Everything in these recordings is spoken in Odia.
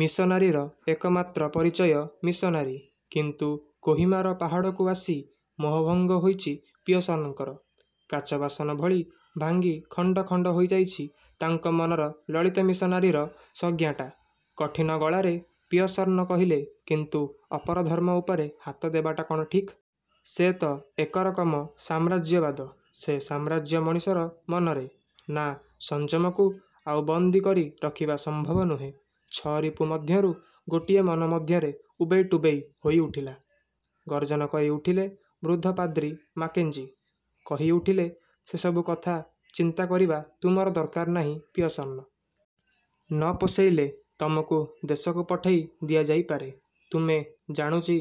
ମିଶନାରୀର ଏକମାତ୍ର ପରିଚୟ ମିଶନାରୀ। କିନ୍ତୁ କୋହିମାର ପାହାଡ଼କୁ ଆସି ମୋହଭଙ୍ଗ ହୋଇଚି ପିୟର୍ସନଙ୍କର। କାଚବାସନ ଭଳି ଭାଙ୍ଗି ଖଣ୍ଡ ଖଣ୍ଡ ହୋଇଯାଇଚି ତାଙ୍କ ମନର ଲଳିତ ମିଶନାରୀର ସଂଜ୍ଞାଟା। କଠିନ ଗଳାରେ ପିୟର୍ସନ କହିଲେ–କିନ୍ତୁ ଅପର ଧର୍ମ ଉପରେ ହାତ ଦେବାଟା କ'ଣ ଠିକ୍? ସେ ତ ଏକରକମ ସାମ୍ରାଜ୍ୟବାଦ। ସେ ସାମ୍ରାଜ୍ୟ ମଣିଷର ମନରେ। ନାଁ'–ସଂଯମକୁ ଆଉ ବନ୍ଦୀ କରି ରଖିବା ସମ୍ଭବ ନୁହେଁ। ଛଅ ରିପୁ ମଧ୍ୟରୁ ଗୋଟିଏ ମନ ମଧ୍ୟରେ ଉବେଇ ଟୁବେଇ ହୋଇଉଠିଲା। ଗର୍ଜନ କରି ଉଠିଲେ ବୃଦ୍ଧ ପାଦ୍ରୀ ମାକେଞ୍ଜି। କହିଉଠିଲେ–ସେସବୁ କଥା ଚିନ୍ତା କରିବା ତୁମର ଦରକାର ନାହିଁ ପିୟର୍ସନ! ନ ପୋଷଇଲେ ତମକୁ ଦେଶକୁ ପଠେଇ ଦିଆଯାଇପାରେ। ତୁମେ, ଜାଣୁଚି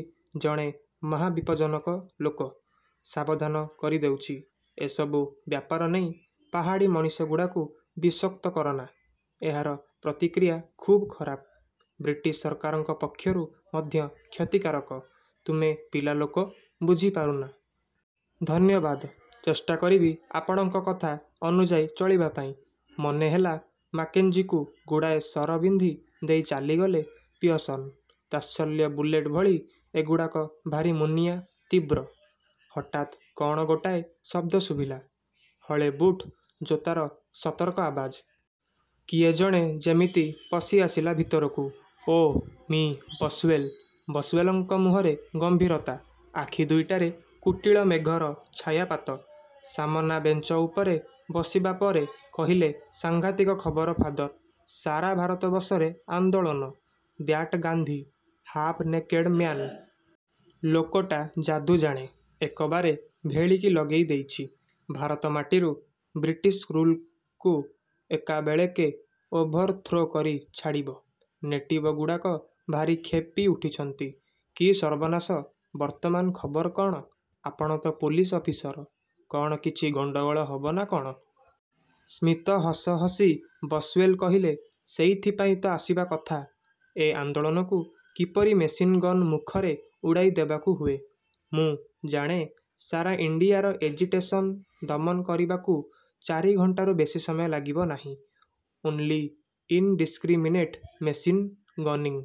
ଜଣେ ମହାବିପଜ୍ଜନକ ଲୋକ। ସାବଧାନ କରି ଦେଉଚି, ଏସବୁ ବ୍ୟାପାର ନେଇ ପାହାଡ଼ୀ ମଣିଷଗୁଡ଼ାକୁ ବିଷୋକ୍ତ କରନା। ଏହାର ପ୍ରତିକ୍ରିୟା ଖୁବ୍ ଖରାପ। ବ୍ରିଟିଶ ସରକାରଙ୍କ ପକ୍ଷରୁ ମଧ୍ୟ କ୍ଷତିକାରକ। ତୁମେ ପିଲାଲୋକ, ବୁଝିପାରୁନା। –ଧନ୍ୟବାଦ। ଚେଷ୍ଟା କରିବି ଆପଣଙ୍କ କଥା ଅନୁଯାୟୀ ଚଳିବା ପାଇଁ। ମନେ ହେଲା ମାକେଞ୍ଜିକୁ ଗୁଡ଼ାଏ ଶର ବିନ୍ଧି ଦେଇ ଚାଲିଗଲେ ପିୟର୍ସନ। ତାତ୍ସଲ୍ୟ–ବୁଲେଟ ଭଳି ଏଗୁଡ଼ାକ ଭାରି ମୁନିଆ, ତୀବ୍ର। ହଠାତ୍ କ'ଣ ଗୋଟାଏ ଶବ୍ଦ ଶୁଭିଲା। ହଳେ ବୁଟ୍ ଜୋତାର ସତର୍କ ଆବାଜ। କିଏ ଜଣେ ଯେମିତି ପଶି ଆସିଲା ଭିତରକୁ। ଓଃ ମିଃ ବସ୍ଓ୍ୱେଲ। ବସଓ୍ୱେଲଙ୍କ ମୁହଁରେ ଗମ୍ଭୀରତା। ଆଖି ଦୁଇଟାରେ କୁଟୀଳ ମେଘର ଛାୟାପାତ। ସାମନା ବେଞ୍ଚ ଉପରେ ବସିବା ପରେ କହିଲେ–ସାଘାଂତିକ ଖବର ଫାଦର! ସାରା ଭାରତବର୍ଷରେ ଆନ୍ଦୋଳନ। That Gandhi. Half naked man. ଲୋକଟା ଯାଦୁ ଜାଣେ। ଏକବାରେ ଭେଳିକି ଲଗେଇ ଦେଇଚି। ଭାରତ ମାଟିରୁ ବ୍ରିଟିଶ ରୁଲକୁ ଏକାବେଳକେ ଓଭରଥ୍ରୋ କରି ଛାଡ଼ିବ। ନେଟିବଗୁଡ଼ାକ ଭାରି କ୍ଷେପି ଉଠିଚନ୍ତି। –କି ସର୍ବନାଶ! ବର୍ତ୍ତମାନ ଖବର କ'ଣ? ଆପଣ ତ ପୁଲିସ ଅଫିସର। କ'ଣ କିଛି ଗଣ୍ଡଗୋଳ ହବ ନା କ'ଣ? ସ୍ମିତ ହସ ହସି ବସଓ୍ୱେଲ କହିଲେ–ସେଇଥିପାଇଁ ତ ଆସିବା କଥା। ଏ ଆନ୍ଦୋଳନକୁ କିପରି ମେସିନ୍ ଗନ୍ ମୁଖରେ ଉଡ଼େଇ ଦେବାକୁ ହୁଏ। ମୁଁ ଜାଣେ, ସାରା ଇଣ୍ଡିୟାର ଏଜିଟେସନ୍ ଦମନ କରିବାକୁ ଚାରି ଘଣ୍ଟାରୁ ବେଶି ସମୟ ଲାଗିବ ନାହିଁ। Only indiscriminate machine gunning.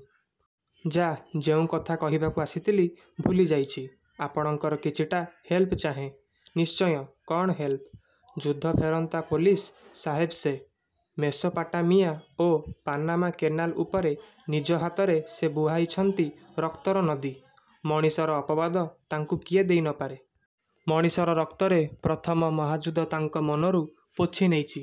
ଯାଃ, ଯେଉଁ କଥା କହିବାକୁ ଆସିଥିଲି, ଭୁଲିଯାଇଚି। ଆପଣଙ୍କର କିଛିଟା ହେଲ୍ପ ଚାହେଁ। –ନିଶ୍ଚୟ, କ'ଣ ହେଲପ? ଯୁଦ୍ଧଫେରନ୍ତା ପୋଲିସ ସାହେବ ସେ। ମେସୋପାଟାମିଆ ଓ ପାନାମା କେନାଲ ଉପରେ ନିଜ ହାତରେ ସେ ବୁହାଇଛନ୍ତି ରକ୍ତର ନଦୀ। ମଣିଷର ଅପବାଦ ତାଙ୍କୁ କିଏ ଦେଇ ନ ପାରେ। ମଣିଷର ରକ୍ତରେ ପ୍ରଥମ ମହାଯୁଦ୍ଧ ତାଙ୍କ ମନରୁ ପୋଛିନେଇଛି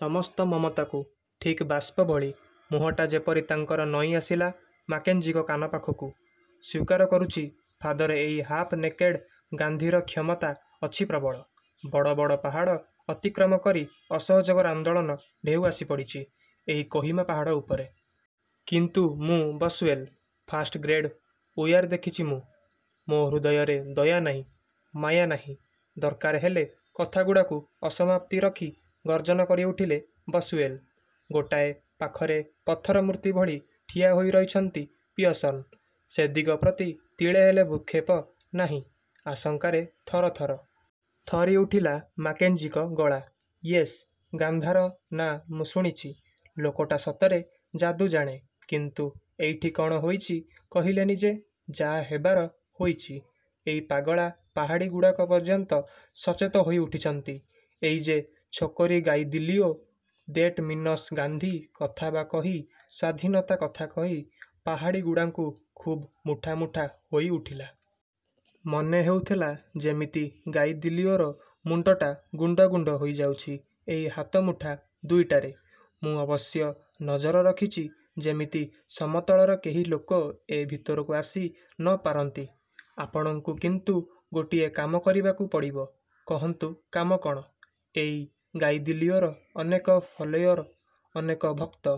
ସମସ୍ତ ମମତାକୁ। ଠିକ୍ ବାଷ୍ପ ଭଳି। ମୁହଁଟା ଯେପରି ତାଙ୍କର ନଇଁଆସିଲା ମାକେଞ୍ଜିଙ୍କ କାନ ପାଖକୁ। ସ୍ୱୀକାର କରୁଛି ଫାଦର ଏଇ ହାଫ ନେକେଡ଼ ଗାନ୍ଧୀର କ୍ଷମତା ଅଛି ପ୍ରବଳ। ବଡ଼ ବଡ଼ ପାହାଡ଼ ଅତିକ୍ରମ କରି ଅସହଯୋଗର ଆନ୍ଦୋଳନ–ଢେଉ ଆସିପଡ଼ିଛି ଏଇ କୋହିମା ପାହାଡ଼ ଉପରେ। କିନ୍ତୁ ମୁଁ ବସଓ୍ୱେଲ! ଫାଷ୍ଟଗ୍ରେଡ଼ ଉୟାର ଦେଖିଛି ମୁଁ। ମୋ ହୃଦୟରେ ଦୟାନାହିଁ, ମାୟା ନାହିଁ। ଦରକାର ହେଲେ କଥାଗୁଡ଼ାକୁ ଅସମାପ୍ତି ରଖି ଗର୍ଜନ କରିଉଠିଲେ ବସଓ୍ୱେୟଲ। ଗୋଟାଏ ପାଖରେ ପଥରମୂର୍ତ୍ତି ଭଳି ଠିଆ ହୋଇରହିଛନ୍ତି ପିୟର୍ସନ। ସେଦିଗ ପ୍ରତି ତିଳେହେଲେ ଭ୍ରୁକ୍ଷେପ ନାହିଁ। ଆଶଙ୍କାରେ ଥର ଥର। ଥରି ଉଠିଲା ମାକେଞ୍ଜିଙ୍କ ଗଳା। –ଇୟେସ୍, ଗାନ୍ଧାର ନାଁ ମୁଁ ଶୁଣିଛି, ଲୋକଟା ସତରେ ଯାଦୁଜାଣେ, କିନ୍ତୁ ଏଇଠି କଣ ହୋଇଛି କହିଲେନି ଯେ– –ଯାହା ହେବାର ହୋଇଛି, ଏଇ ପାଗଳା ପାହାଡ଼ୀଗୁଡ଼ାକ ପର୍ଯ୍ୟନ୍ତ ସଚେତ ହୋଇଉଠିଛନ୍ତି। ଏଇ ଯେ ଛୋକରୀ ଗାଇଦିଲିଓ, ଦେଟ ମିନସ ଗାନ୍ଧୀ କଥାବା କହି, ସ୍ୱାଧୀନତା କଥା କହି ପାହାଡ଼ୀଗୁଡ଼ାଙ୍କୁ ଖୁବ୍ ମୁଠା ମୁଠା ହୋଇଉଠିଲା। ମନେ ହେଉଥିଲା ଯେମିତି ଗାଇଦିଲିଓର ମୁଣ୍ଡଟା ଗୁଣ୍ଡ ଗୁଣ୍ଡ ହୋଇଯାଉଛି ଏଇ ହାତମୁଠା ଦୁଇଟାରେ। ମୁଁ ଅବଶ୍ୟ ନଜର ରଖିଛି ଯେମିତି ସମତଳର କେହି ଲୋକ ଏ ଭିତରକୁ ଆସି ନ ପାରନ୍ତି। ଆପଣଙ୍କୁ କିନ୍ତୁ ଗୋଟିଏ କାମ କରିବାକୁ ପଡ଼ିବ। –କହନ୍ତୁ କାମ କଣ? –ଏଇ। ଗାଇଦିଲିଓର ଅନେକ ଫଲୋୟର, ଅନେକ ଭକ୍ତ।